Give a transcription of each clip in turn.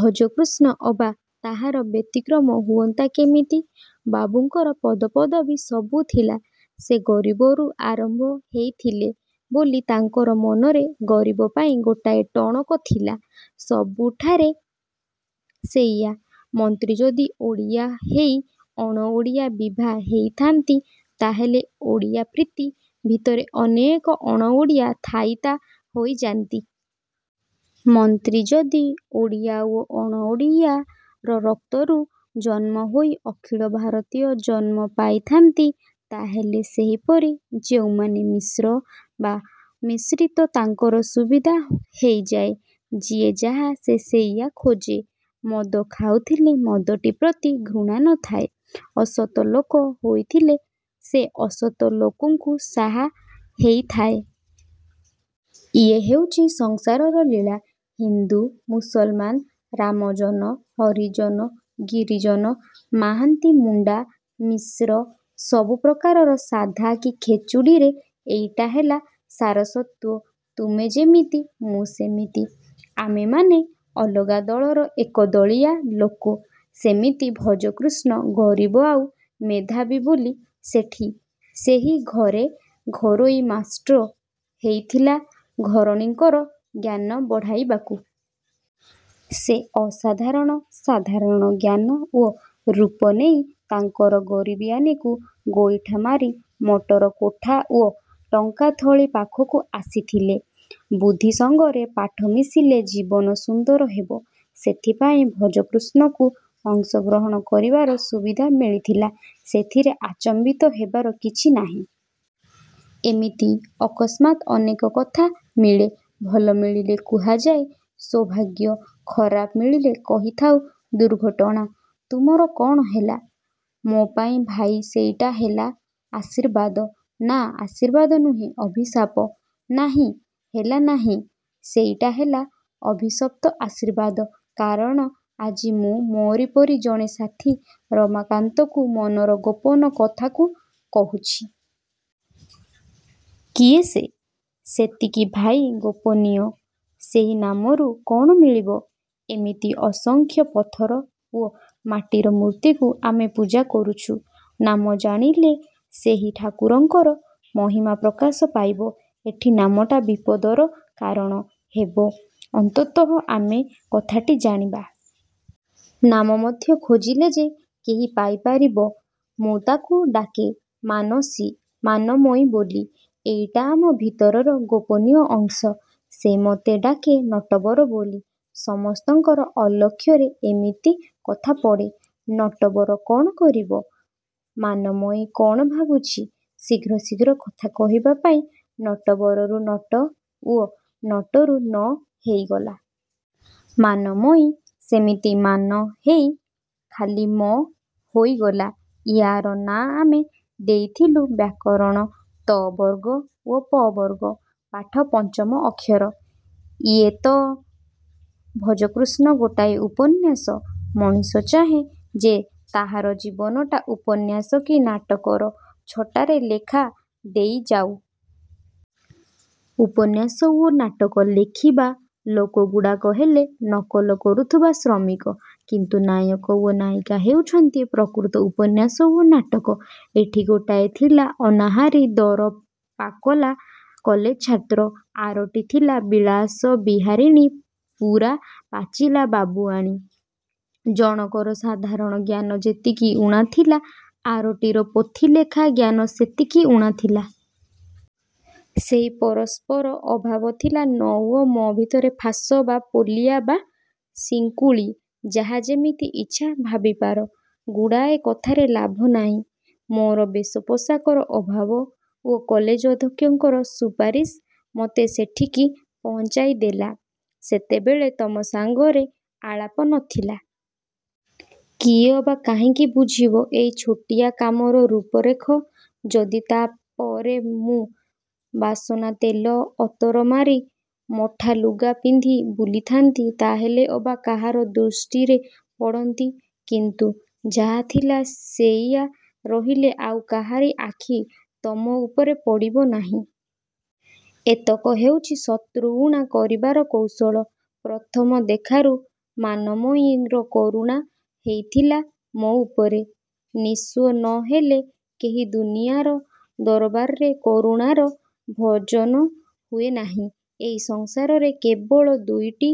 ଭଜକୃଷ୍ଣ ଅବା ତାହାର ବ୍ୟତିକ୍ରମ ହୁଅନ୍ତା କେମିତି? ବାବୁଙ୍କର ପଦପଦବୀ ସବୁ ଥିଲା। ସେ ଗରିବରୁ ଆରମ୍ଭ ହେଇଥିଲେ ବୋଲି ତାଙ୍କର ମନରେ ଗରିବ ପାଇଁ ଗୋଟାଏ ଟଣକ ଥିଲା। ସବୁଠାରେ ସେଇଆ- ମନ୍ତ୍ରୀ ଯଦି ଓଡ଼ିଆ ହେଇ ଅଣ-ଓଡ଼ିଆ ବିଭା ହେଇଥାନ୍ତି ତାହାହେଲେ ଓଡ଼ିଆ-ପ୍ରୀତି ଭିତରେ ଅନେକ ଅଣ-ଓଡ଼ିଆ ଥାଇତା ହୋଇଯାନ୍ତି। ମନ୍ତ୍ରୀ ଯଦି ଓଡ଼ିଆ ଓ ଅଣ-ଓଡ଼ିଆର ରକ୍ତରୁ ଜନ୍ମ ହୋଇ ଅଖିଳ-ଭାରତୀୟ ଜନ୍ମ ପାଇଥାନ୍ତି ତାହାହେଲେ ସେହିପରି ଯେଉଁମାନେ ମିଶ୍ର ବା ମିଶ୍ରିତ ତାଙ୍କର ସୁବିଧା ହେଇଯାଏ। ଯିଏ ଯାହା ସେ ସେଇଆ ଖୋଜେ। ମଦ ଖାଉଥିଲେ ମଦଟି ପ୍ରତି ଘୃଣା ନ ଥାଏ। ଅସତ ଲୋକ ହୋଇଥିଲେ ସେ ଅସତ ଲୋକଙ୍କୁ ସାହା ହେଇଥାଏ। ଇଏ ହେଉଛି ସଂସାରର ଲୀଳା। ହିନ୍ଦୁ, ମୁସଲମାନ, ରାମଜନ-ହରିଜନ-ଗିରିଜନ, ମାହାନ୍ତି-ମୁଣ୍ଡା-ମିଶ୍ର ସବୁ ପ୍ରକାରର ସାଧା କି ଖେଚୁଡ଼ିରେ ଏଇଟା ହେଲା ସାରତତ୍ତ୍ୱ-ତୁମେ ଯେମିତି ମୁଁ ସେମିତି। ଆମେମାନେ ଅଲଗା ଦଳର ଏକଦଳିଆ ଲୋକ। ସେମିତି ଭଜକୃଷ୍ଣ ଗରିବ ଆଉ ମେଧାବୀ ବୋଲି ସେଠି ସେହି ଘରେ ଘରୋଇ ମାଷ୍ଟ୍ର ହେଇଥିଲା-ଘରଣୀଙ୍କର ଜ୍ଞାନ ବଢ଼ାଇବାକୁ। ସେ ଅସାଧାରଣ, ସାଧାରଣ ଜ୍ଞାନ ଓ ରୂପ ନେଇ ତାଙ୍କର ଗରିବିଆନିକୁ ଗୋଇଠା ମାରି ମଟର କୋଠା ଓ ଟଙ୍କାଥାଳି ପାଖକୁ ଆସିଥିଲେ। ବୁଦ୍ଧି ସାଙ୍ଗରେ ପାଠ ମିଶିଲେ ଜୀବନ ସୁନ୍ଦର ହେବ। ସେଥିପାଇଁ ଭଜକୃଷ୍ଣକୁ ଅଂଶ ଗ୍ରହଣ କରିବାର ସୁବିଧା ମିଳିଥିଲା। ସେଥିରେ ଆଚମ୍ବିତ ହେବାର କିଛି ନାହିଁ। ଏମିତି ଅକସ୍ମାତ୍ ଅନେକ କଥା ମିଳେ। ଭଲ ମିଳିଲେ କୁହାଯାଏ ସୌଭାଗ୍ୟ-ଖରାପ ମିଳିଲେ କହିଥାଉ ଦୁର୍ଘଟଣା। -ତୁମର କ'ଣ ହେଲା? -ମୋ'ପାଇଁ ଭାଇ ସେଇଟା ହେଲା ଆଶୀର୍ବାଦ। ନା, ଆଶୀର୍ବାଦ ନୁହେଁ ଅଭିଶାପ। ନାହିଁ, ହେଲାନାହିଁ। ସେଇଟା ହେଲା ଅଭିଶପ୍ତ ଆଶୀର୍ବାଦ। କାରଣ ଆଜି ମୁଁ ମୋରି ପରି ଜଣେ ସାଥୀ ରମାକାନ୍ତକୁ ମନର ଗୋପନ କଥାକୁ କହୁଛି। -କିଏ ସେ? -ସେତିକି ଭାଇ ଗୋପନୀୟ। ସେହି ନାମରୁ କ'ଣ ମିଳିବ? ଏମିତି ଅସଂଖ୍ୟ ପଥର ଓ ମାଟିର ମୂର୍ତ୍ତିକୁ ଆମେ ପୂଜା କରୁଛୁ। ନାମ ଜାଣିଲେ ସେହି ଠାକୁରଙ୍କର ମହିମା ପ୍ରକାଶ ପାଇବ-। ଏଠି ନାମଟା ବିପଦର କାରଣ ହେବ। ଅନ୍ତତଃ ଆମେ କଥାଟି ଜାଣିବା। ନାମ ମଧ୍ୟ ଖୋଜିଲେ ଯେ କେହି ପାଇ ପାରିବ। -ମୁଁ ତାକୁ ଡାକେ ମାନସୀ-ମାନମୟୀ ବୋଲି। ଏଇଟା ଆମ ଭିତରର ଗୋପନ ଅଂଶ-। ସେ ମତେ ଡାକେ ନଟବର ବୋଲି। ସମସ୍ତଙ୍କର ଅଲକ୍ଷ୍ୟରେ ଏମିତି କଥା ପଡ଼େ-ନଟବର କ'ଣ କରିବ? ମାନମୟୀ କ'ଣ ଭାବୁଛି? ଶୀଘ୍ର ଶୀଘ୍ର କଥା କହିବା ପାଇଁ ନଟବରରୁ ନଟ ଓ ନଟରୁ 'ନ' ହେଇଗଲା। ମାନମୟୀ ସେମିତି ମାନ ହେଇ ଖାଲି 'ମ' ହୋଇଗଲା। ୟା'ର ନାଁ ଆମେ ଦେଇଥିଲୁ ବ୍ୟାକରଣ ତ-ବର୍ଗ ଓ ପ-ବର୍ଗ ପାଠ-ପଞ୍ଚମ ଅକ୍ଷର। -ଇଏ ତ ଭଜକୃଷ୍ଣ ଗୋଟାଏ ଉପନ୍ୟାସ? -ମଣିଷ ଚାହେଁ ଯେ ତାହାର ଜୀବନଟା ଉପନ୍ୟାସ କି ନାଟକର ଛଟାରେ ଲେଖି ଦେଇଯାଉ। ଉପନ୍ୟାସ ଓ ନାଟକ ଲେଖିବା ଲୋକଗୁଡ଼ାକ ହେଲେ ନକଲ କରୁଥିବା ଶ୍ରମିକ; କିନ୍ତୁ ନାୟକ ଓ ନାୟିକା ହେଉଛନ୍ତି ପ୍ରକୃତ ଉପନ୍ୟାସ ଓ ନାଟକ। ଏଠି ଗୋଟାଏ ଥିଲା ଅନାହାରୀ ଦର-ପାକଲା କଲେଜ ଛାତ୍ର। ଆରଟି ଥିଲା ବିଳାସ-ବିହାରିଣୀ ପୂରା ପାଚିଲା ବାବୁଆଣୀ। ଜଣକର ସାଧାରଣ ଜ୍ଞାନ ଯେତିକି ଊଣାଥିଲା ଆରଟିର ପୋଥିଲେଖା ଜ୍ଞାନ ସେତିକି ଊଣା ଥିଲା। ସେହି ପରସ୍ପର ଅଭାବ ଥିଲା ନ ଓ ମ ଭିତରେ ଫାଶ ଅବା ପୋଲିଆ ବା ଶିଙ୍କୁଳି-ଯାହା ଯେମିତି ଇଚ୍ଛା ଭାବିପାର। ଗୁଡ଼ାଏ କଥାରେ ଲାଭ ନାହିଁ। ମୋର ବେଶ ପୋଷାକର ଅଭାବ ଓ କଲେଜ ଅଧ୍ୟକ୍ଷଙ୍କର ସୁପାରିଶ ମତେ ସେଇଠି ପହଞ୍ଚାଇ ଦେଲା। ସେତେବେଳେ ତମ ସାଙ୍ଗରେ ଆଳାପ ନ ଥିଲା। କିଏ ଅବା କାହିଁକି ବୁଝିବ ଏଇ ଛୋଟିଆ କାମର ରୂପ ରେଖ। ଯଦି ତା'ପରେ ମୁଁ ବାସନାତେଲ, ଅତର ମାରି ମଠାଲୁଗା ପିନ୍ଧି ବୁଲିଥାନ୍ତି, ତାହାହେଲେ ଅବା କାହାର ଦୃଷ୍ଟିରେ ପଡ଼ନ୍ତି; କିନ୍ତୁ ଯାହା ଥିଲା ସେଇଆ ରହିଲେ ଆଉ କାହାରି ଆଖି ତମ ଉପରେ ପଡ଼ିବ ନାହିଁ। ଏତକ ହେଉଛି ଶତ୍ରୁ ଊଣା କରିବାର କୌଶଳ। ପ୍ରଥମ ଦେଖାରୁ ମାନମୟୀର କରୁଣା ହେଇଥିଲା ମୋ ଉପରେ। -ନିସ୍ୱ ନ ହେଲେ କେହି ଦୁନିଆର ଦରବାରରେ କରୁଣାର ଭାଜନ ହୁଏ ନାହିଁ। ଏଇ ସଂସାରରେ କେବଳ ଦୁଇଟି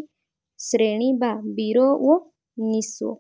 ଶ୍ରେଣୀ-ବୀର ଓ ନିସ୍ୱ।